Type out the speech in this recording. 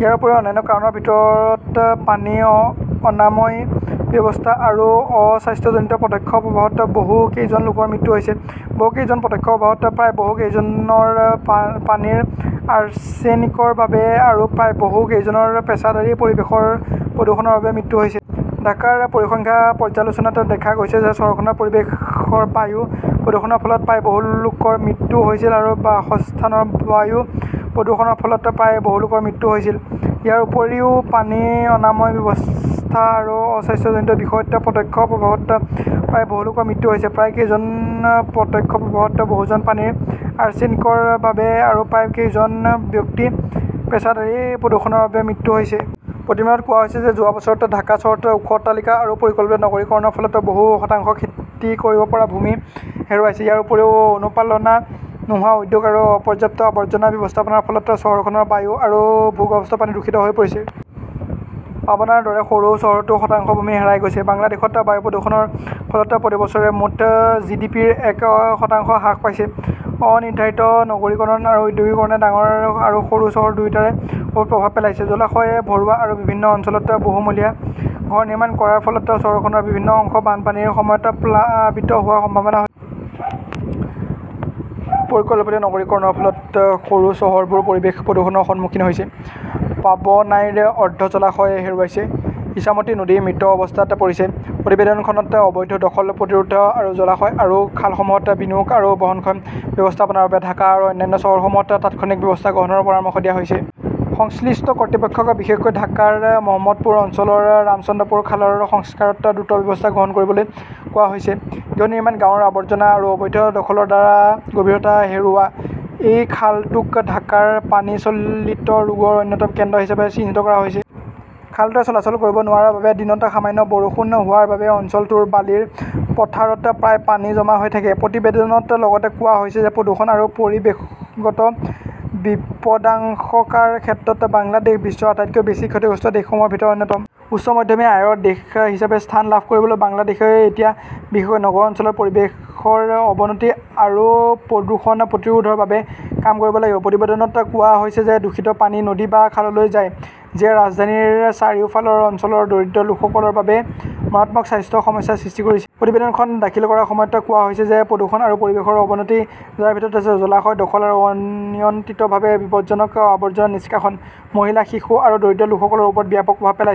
ইয়াৰ উপৰিও অন্যান্য কাৰণৰ ভিতৰত পানী, অ অনাময় ব্যৱস্থা আৰু অ-স্বাস্থ্যজনিত প্ৰত্যক্ষ প্ৰভাৱত বহু কেইজন লোকৰ মৃত্যু হৈছে, বহু কেইজন প্ৰত্যক্ষ প্ৰভাৱত, প্ৰায় বহু কেইজনৰ পা পানীৰ আৰ্ছেনিকৰ বাবে আৰু প্ৰায় বহু কেইজনৰ পেছাদাৰী পৰিৱেশৰ প্ৰদূষণৰ বাবে মৃত্যু হৈছে। ঢাকাৰ পৰিসংখ্যা পৰ্যালোচনাত দেখা গৈছে যে চহৰখনত পৰিৱেশৰ বায়ু প্ৰদূষণৰ ফলত প্ৰায়, বহুলোকৰ মৃত্যু হৈছিল আৰু বাসস্থানৰ বায়ু প্ৰদূষণৰ ফলত প্ৰায়, বহুলোকৰ মৃত্যু হৈছিল। ইয়াৰ উপৰিও পানী, অনাময় ব্যৱস্থা আৰু অ-স্বাস্থ্যজনিত বিষয়ত প্ৰত্যক্ষ প্ৰভাৱত প্ৰায় বহুলোকৰ মৃত্যু হৈছে, প্ৰায় কেইজন প্ৰত্যক্ষ প্ৰভাৱত, বহুজন পানীৰ আৰ্ছেনিকৰ বাবে আৰু প্ৰায় কেইজন ব্যক্তি পেছাদাৰী প্ৰদূষণৰ বাবেও মৃত্যু হৈছে। প্ৰতিবেদনত কোৱা হৈছে যে যোৱা বছৰত ঢাকা চহৰত ওখ অট্টালিকা আৰু পৰিকল্পিত নগৰীকৰণৰ ফলত বহু শতাংশ খেতি কৰিব পৰা ভূমি হেৰুৱাইছে। ইয়াৰ উপৰিও অনুপালনা নোহোৱা উদ্যোগ আৰু অপৰ্যাপ্ত আৱৰ্জনা ব্যৱস্থাপনাৰ ফলত চহৰখনৰ বায়ু আৰু ভূগৰ্ভস্থ পানী দূষিত হৈ পৰিছে। পাবনাৰ দৰে সৰু চহৰতো শতাংশ ভূমি হেৰাই গৈছে। বাংলাদেশত বায়ু প্ৰদূষণৰ ফলত প্ৰতি বছৰে মুঠ জিডিপিৰ এক শতাংশ হ্ৰাস পাইছে। অনিৰ্ধাৰিত নগৰীকৰণ আৰু ঔদ্যোগিকৰণে ডাঙৰ আৰু সৰু চহৰ দুয়োটাৰে ওপৰত প্ৰভাৱ পেলাইছে। জলাশয় ভৰোৱা আৰু বিভিন্ন অঞ্চলত বহুমহলীয়া ঘৰ নিৰ্মাণ কৰাৰ ফলত চহৰখনৰ বিভিন্ন অংশ বানপানীৰ সময়ত প্লাবিত হোৱাৰ সম্ভাৱনা হৈছে। পৰিকল্পিত নগৰীকৰণৰ ফলত সৰু চহৰবোৰ পৰিৱেশ প্ৰদূষণৰ সন্মুখীন হৈছে। পাবনাইৰ অৰ্ধ জলাশয় হেৰুৱাইছে। ইছামতী নদী মৃত অৱস্থাত পৰিছে। প্ৰতিবেদনখনত অবৈধ দখল প্ৰতিৰোধ আৰু জলাশয় আৰু খালসমূহত বিনিয়োগ আৰু বহনক্ষম ব্যৱস্থাপনাৰ বাবে ঢাকা আৰু অন্যান্য চহৰসমূহত তাৎক্ষণিক ব্যৱস্থা গ্ৰহণৰ পৰামৰ্শ দিয়া হৈছে। সংশ্লিষ্ট কৰ্তৃপক্ষক বিশেষকৈ ঢাকাৰ মহম্মদপুৰ অঞ্চলৰ ৰামচন্দ্ৰপুৰ খালৰ সংস্কাৰত দ্ৰুত ব্যৱস্থা গ্ৰহণ কৰিবলৈ কোৱা হৈছে। গৃহ নিৰ্মাণ গাঁৱৰ আৱৰ্জনা আৰু অবৈধ দখলৰ দ্বাৰা গভীৰতা হেৰুওৱা, এই খালটোক ঢাকাৰ পানী-চলিত ৰোগৰ অন্যতম কেন্দ্ৰ হিচাপে চিহ্নিত কৰা হৈছে। খালটোৱে চলাচল কৰিব নোৱাৰাৰ বাবে দিনত সামান্য বৰষুণ হোৱাৰ বাবে অঞ্চলটোৰ বালিৰ পথাৰত প্ৰায় পানী জমা হৈ থাকে। প্ৰতিবেদনত লগতে কোৱা হৈছে যে প্ৰদূষণ আৰু পৰিৱেশগত বিপদাশংকাৰ ক্ষেত্ৰত বাংলাদেশ বিশ্বৰ আটাইতকৈ বেছি ক্ষতিগ্ৰস্ত দেশসমূহৰ ভিতৰত অন্যতম। উচ্চ মধ্যমীয়া আয়ৰ দেশ হিচাপে স্থান লাভ কৰিবলৈ বাংলাদেশই এতিয়া বিশেষকৈ নগৰ অঞ্চলত পৰিৱেশৰ অৱনতি আৰু প্ৰদূষণ প্ৰতিৰোধৰ বাবে কাম কৰিব লাগিব। প্ৰতিবেদনত কোৱা হৈছে যে দূষিত পানী নদী বা খাললৈ যায়। যিয়ে ৰাজধানীৰ চাৰিওফালৰ অঞ্চলৰ দৰিদ্ৰ লোকসকলৰ বাবে মাৰাত্মক স্বাস্থ্য সমস্যাৰ সৃষ্টি কৰিছে। প্ৰতিবেদনখন দাখিল কৰাৰ সময়ত কোৱা হৈছিল যে প্ৰদূষণ আৰু পৰিৱেশৰ অৱনতি, যাৰ ভিতৰত আছে জলাশয় দখল আৰু অনিয়ন্ত্ৰিতভাৱে বিপজ্জনক আৱৰ্জনা নিষ্কাশন, মহিলা, শিশু আৰু দৰিদ্ৰ লোকসকলৰ ওপৰত ব্যাপক প্ৰভাৱ পেলাইছে।